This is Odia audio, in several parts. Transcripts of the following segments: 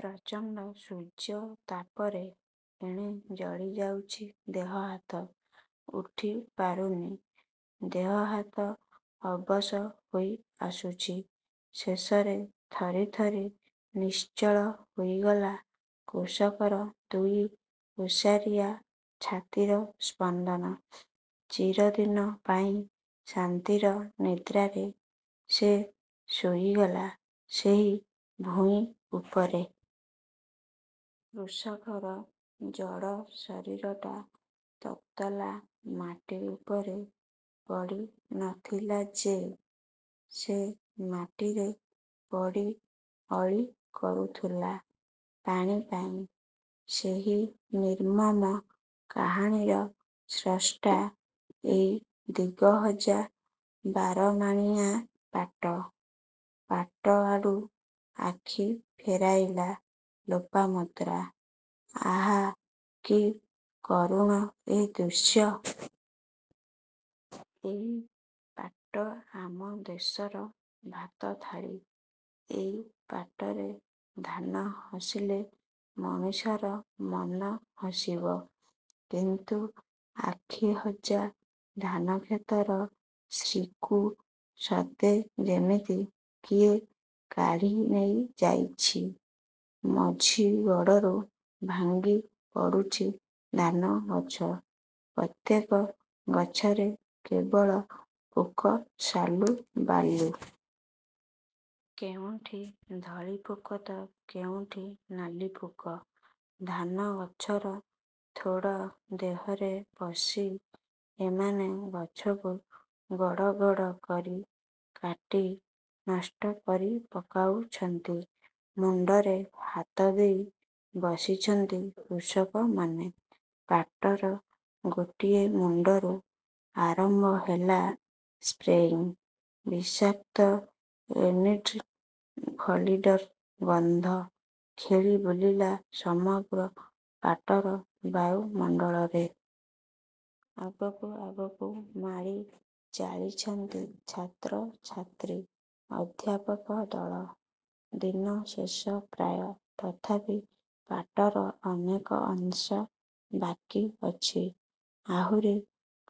ପ୍ରଚଣ୍ଡ ସୂର୍ଯ୍ୟ ତାପରେ ଏଣେ ଜଳି ଯାଉଛି ଦେହ ହାତ। ଉଠି ପାରୁନି। ଦେହ ହାତ ଅବଶ ହୋଇ ଆସୁଛି। ଶେଷରେ ଥରି ଥରି ନିଶ୍ଚଳ ହୋଇଗଲା କୃଷକର ଦୁଇ ଓସାରିଆ ଛାତିର ସ୍ପନ୍ଦନ। ଚିରଦିନ ପାଇଁ ଶାନ୍ତିର ନିଦ୍ରାରେ ସେ ଶୋଇଗଲା ସେହି ଭୂଇଁ ଉପରେ। କୃଷକର ଜଡ ଶରୀରଟା ତଳଲା ମାଟି ଉପରେ ପଡ଼ି ନ ଥିଲା ଯେ—ସେ ମାଟିରେ ପଡ଼ି ଅଳି କରୁଥିଲା ପାଣି ପାଇଁ।। ସେହି ନିର୍ମମ କାହାଣୀର ସ୍ରଷ୍ଟା ଏଇ ଦିଗହଜା ବାରମାଣିଆଁ ପାଟ। ପାଟ ଆଡ଼ୁ ଆଖି ଫେରାଇଲା ଲୋପାମୁଦ୍ରା। ଆହା କି କରୁଣ ଏ ଦୃଶ୍ୟ। ଏଇ ପାଟ ଆମ ଦେଶର ଭାତ ଥାଳି। ଏଇ ପାଟରେ ଧାନ ହସିଲେ ମଣିଷର ମନ ହସିବ, କିନ୍ତୁ... ଆଖି ହଜା ଧାନକ୍ଷେତର ଶ୍ରୀକୁ ସତେ ଯେମିତି କିଏ କାଢି ନେଇ ଯାଇଛି, ମଝିଗଡ଼ରୁ ଭାଙ୍ଗି ପଡ଼ୁଛି ଧାନଗଛ। ପ୍ରତ୍ୟେକ ଗଛରେ କେବଳ ପୋକ ସାଲୁବାଲୁ। କେଉଁଠି ଧଳି ପୋକତ କେଉଁଠି ନାଲି ପୋକ। ଧାନ ଗଛର ଥୋଡ଼ ଦେହରେ ପଶି ଏମାନେ ଗଛକୁ ଗଡ଼ ଗଡ଼ କରି କାଟି ନଷ୍ଟ କରି ପକାଉଛନ୍ତି। ମୁଣ୍ଡରେ ହାତ ଦେଇ ବସିଛନ୍ତି କୃଷକମାନେ। ପାଟର ଗୋଟିଏ ମୁଣ୍ଡରୁ ଆରମ୍ଭ ହେଲା ସ୍ପ୍ରେୟିଂ। ବିଷାକ୍ତ ଏନ୍ଡ୍ରିନ୍, ଫଲିଡ଼ଲର ଗନ୍ଧ ଖେଳି ବୁଲିଲା ସମଗ୍ର ପାଟର ବାୟୁମଣ୍ଡଳରେ। ଆଗକୁ ଆଗକୁ ମାଡ଼ି ଚାଳିଛନ୍ତି ଛାତ୍ର, ଛାତ୍ରୀ ଅଧ୍ୟାପକ ଦଳ। ଦିନ ଶେଷ ପ୍ରାୟ। ତଥାପି ପାଟର ଅନେକ ଅଂଶ ବାକି ଅଛି। ଆହୁରି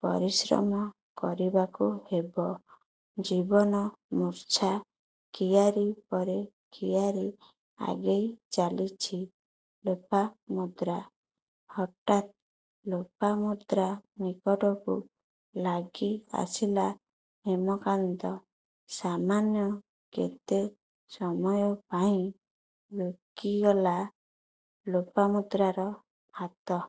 ପରିଶ୍ରମ କରିବାକୁ ହେବ। ଜୀବନମୂର୍ଚ୍ଛା କିଆରୀ ପରେ କିଆରୀ ଆଗେଇ ଚାଲିଛି ଲୋପାମୁଦ୍ରା। ହଠାତ୍ ଲୋପାମୁଦ୍ରା ନିକଟକୁ ଲାଗି ଆସିଲା ହେମକାନ୍ତ ସାମାନ୍ୟ କେତେ ସମୟ ପାଇଁ ରୋକିଗଲା ଲୋପାମୁଦ୍ରାର ହାତ।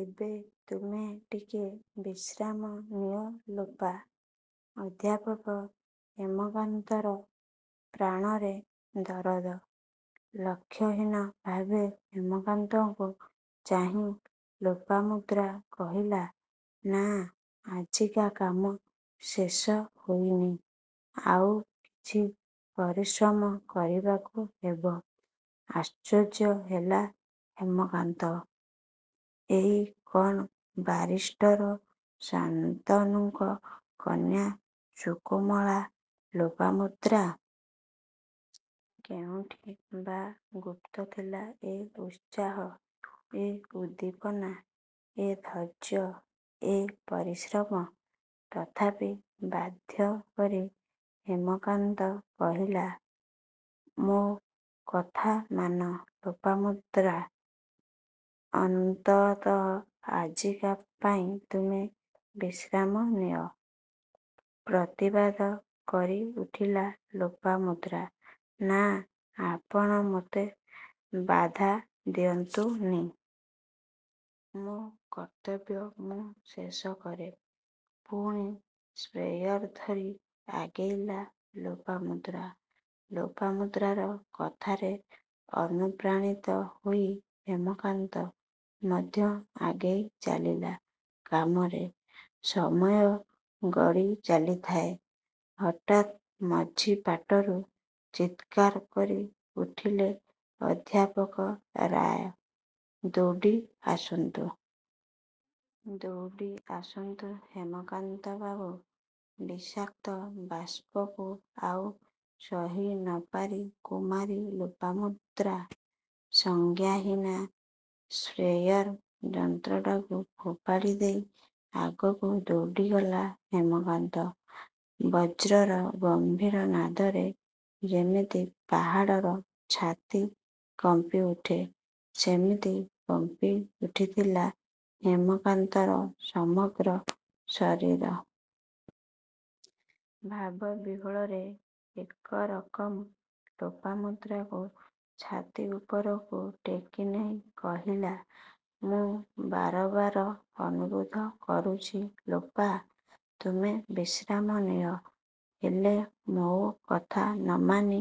''ଏବେ ତୁମେ ଟିକେ ବିଶ୍ରାମ ନିଅ ଲୋପା। '' ଅଧ୍ୟାପକ ହେମକାନ୍ତର ପ୍ରାଣରେ ଦରଦ-। ଲକ୍ଷ୍ୟହୀନ ଭାବେ ହେମକାନ୍ତକୁ ଚାହିଁ ଲୋପାମୁଦ୍ରା କହିଲା.. ''ନାଁ, ଆଜିକା କାମ ଶେଷ ହୋଇନି। ଆଉ କିଛି ପରିଶ୍ରମ କରିବାକୁ ହେବ। '' ଆଶ୍ଚର୍ଯ୍ୟ ହେଲା ହେମକାନ୍ତ। ଏଇ କ'ଣ ବାରିଷ୍ଟର ଶାନ୍ତନୁଙ୍କର କନ୍ୟା ସୁକୋମଳା ଲୋପାମୁଦ୍ରା? କେଉଁଠି ବା ଗୁପ୍ତ ଥିଲା ଏ ଉତ୍ସାହ, ଏ ଉଦ୍ଦୀପନା, ଏ ଧୈର୍ଯ୍ୟ, ଏ ପରିଶ୍ରମ? ତଥାପି ବାଧ୍ୟ କରି ହେମକାନ୍ତ କହିଲା–''ମୋ କଥା ମାନ ଲୋପାମୁଦ୍ରା! ଅନ୍ତତ୍ଆଜିକା ପାଇଁ ତୁମେ ବିଶ୍ରାମ ନିଅ। '' ପ୍ରତିବାଦ କରିଉଠିଲା ଲୋପାମୁଦ୍ରା। ''ନାଁ, ଆପଣ ମୋତେ ବାଧା ଦିଅନ୍ତୁ ନି। ମୋ କର୍ତ୍ତବ୍ୟ ମୁଁ ଶେଷ କରେ। '' ପୁଣି ସ୍ପ୍ରେୟର ଧରି ଆଗେଇଲା ଲୋପାମୁଦ୍ରା। ଲୋପାମୁଦ୍ରାର କଥାରେ ଅନୁପ୍ରାଣିତ ହୋଇ ହେମକାନ୍ତ ମଧ୍ୟ ଆଗେଇ ଚାଲିଲା କାମରେ। ସମୟ ଗଡ଼ି ଚାଲିଥାଏ। ହଠାତ୍ ମଝି ପାଟରୁ ଚିତ୍କାର କରି ଉଠିଲେ ଅଧ୍ୟାପକ ରାୟ। ''ଦୌଡ଼ି ଆସନ୍ତୁ.. ଦୌଡ଼ି ଆସନ୍ତୁ ହେମକାନ୍ତ ବାବୁ! ବିଷାକ୍ତ ବାଷ୍ପକୁ ଆଉ ସହି ନ ପାରି କୁମାରୀ ଲୋପାମୁଦ୍ରା ସଂଜ୍ଞାହୀନା-। '' ସ୍ପୋୟର ଯନ୍ତ୍ରଟାକୁ ଫୋପାଡ଼ି ଦେଇ ଆଗକୁ ଦୌଡ଼ିଗଲା ହେମକାନ୍ତ। ବଜ୍ରର ଗମ୍ଭୀର ନାଦରେ ଯେମିତି ପାହାଡ଼ର ଛାତି କମ୍ପି ଉଠେ, ସେମିତି କମ୍ପି ଉଠିଥିଲା—ହେମକାନ୍ତର ସମଗ୍ର ଶରୀର। ଭାବବିହ୍ୱଳରେ ଏକରକମ ଲୋପାମୁଦ୍ରାକୁ ଛାତିଉପରକୁ ଟେକି ନେଇ କହିଲା—''ମୁଁ ବାର ବାର ଅନୁରୋଧ କରୁଛି ଲୋପା! ତୁମେ ବିଶ୍ରାମ ନିଅ। ହେଲେ ମୋ କଥା ନ ମାନି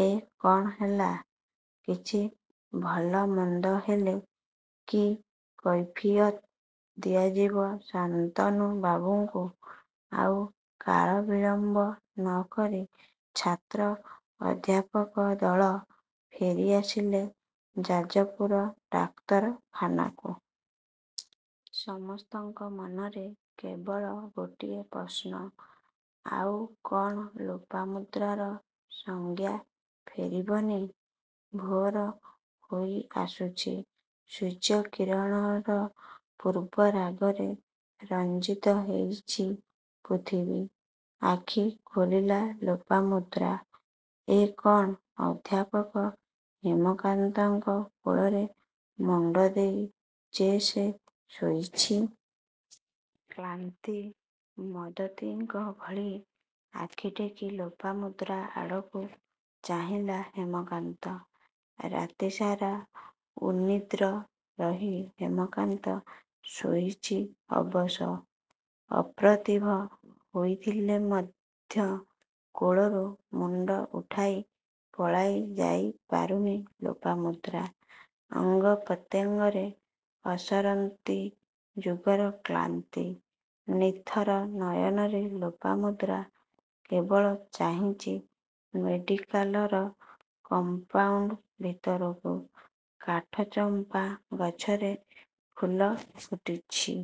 ଏ କ'ଣ ହେଲା? କିଛି ଭଲ ମନ୍ଦ ହେଲେ, କି କୈଫିୟତ ଦିଆଯିବ ଶାନ୍ତନୁ ବାବୁଙ୍କୁ? '' ଆଉ କାଳକିଳମ୍ବ ନ କରି ଛାତ୍ର, ଅଧ୍ୟାପକ ଦଳ ଫେରି ଆସିଲେ ଯାଜପୁର ଡାକ୍ତର ଖାନାକୁ। ସମସ୍ତଙ୍କ ମନରେ କେବଳ ଗୋଟିଏ ପ୍ରଶ୍ନ... ''ଆଉ କ'ଣ ଲୋପାମୁଦ୍ରାର ସଂଜ୍ଞା ଫେରିବ ନି? '' ଭୋର ହୋଇ ଆସୁଛି। ସୂର୍ଯ୍ୟକିରଣର ପୂର୍ବରାଗରେ ରଞ୍ଚିତ ହେଉଛି ପୃଥିବୀ। ଆଖି ଖୋଲିଲା ଲୋପାମୁଦ୍ରା। ଏ କ'ଣ? ଅଧ୍ୟାପକ ହେମକାନ୍ତଙ୍କ କୋଳରେ ମୁଣ୍ଡ ଦେଇ ଯେ ସେ ଶୋଇଛି!! କ୍ଲାନ୍ତି ମଦତିଙ୍କ ଭଳି ଆଖିଟେକି ଲୋପାମୁଦ୍ରା ଆଡ଼କୁ ଚାହିଁଲା ହେମକାନ୍ତ। ରାତିସାରା ଉନିଦ୍ର ରହି ହେମକାନ୍ତ ହୋଇଛି ଅବଶ। ଅପ୍ରତିଭ ହୋଇଥିଲେ ମଧ୍ୟ କୋଳରୁ ମୁଣ୍ଡ ଉଠାଇ ପଳାଇ ଯାଇ ପାରୁନି ଲୋପାମୁଦ୍ରା-। ଅଙ୍ଗପ୍ରତ୍ୟଙ୍ଗରେ ଅସରନ୍ତି ଯୁଗର କ୍ଲାନ୍ତି। ନିଥର ନୟନରେ ଲୋପାମୁଦ୍ରା କେବଳ ଚାହିଁଛି ମେଡିକାଲର କମ୍ପାଉଣ୍ଡ ଭିତରକୁ। କାଠଚମ୍ପା ଗଛରେ ଫୁଲ ଫୁଟିଛି।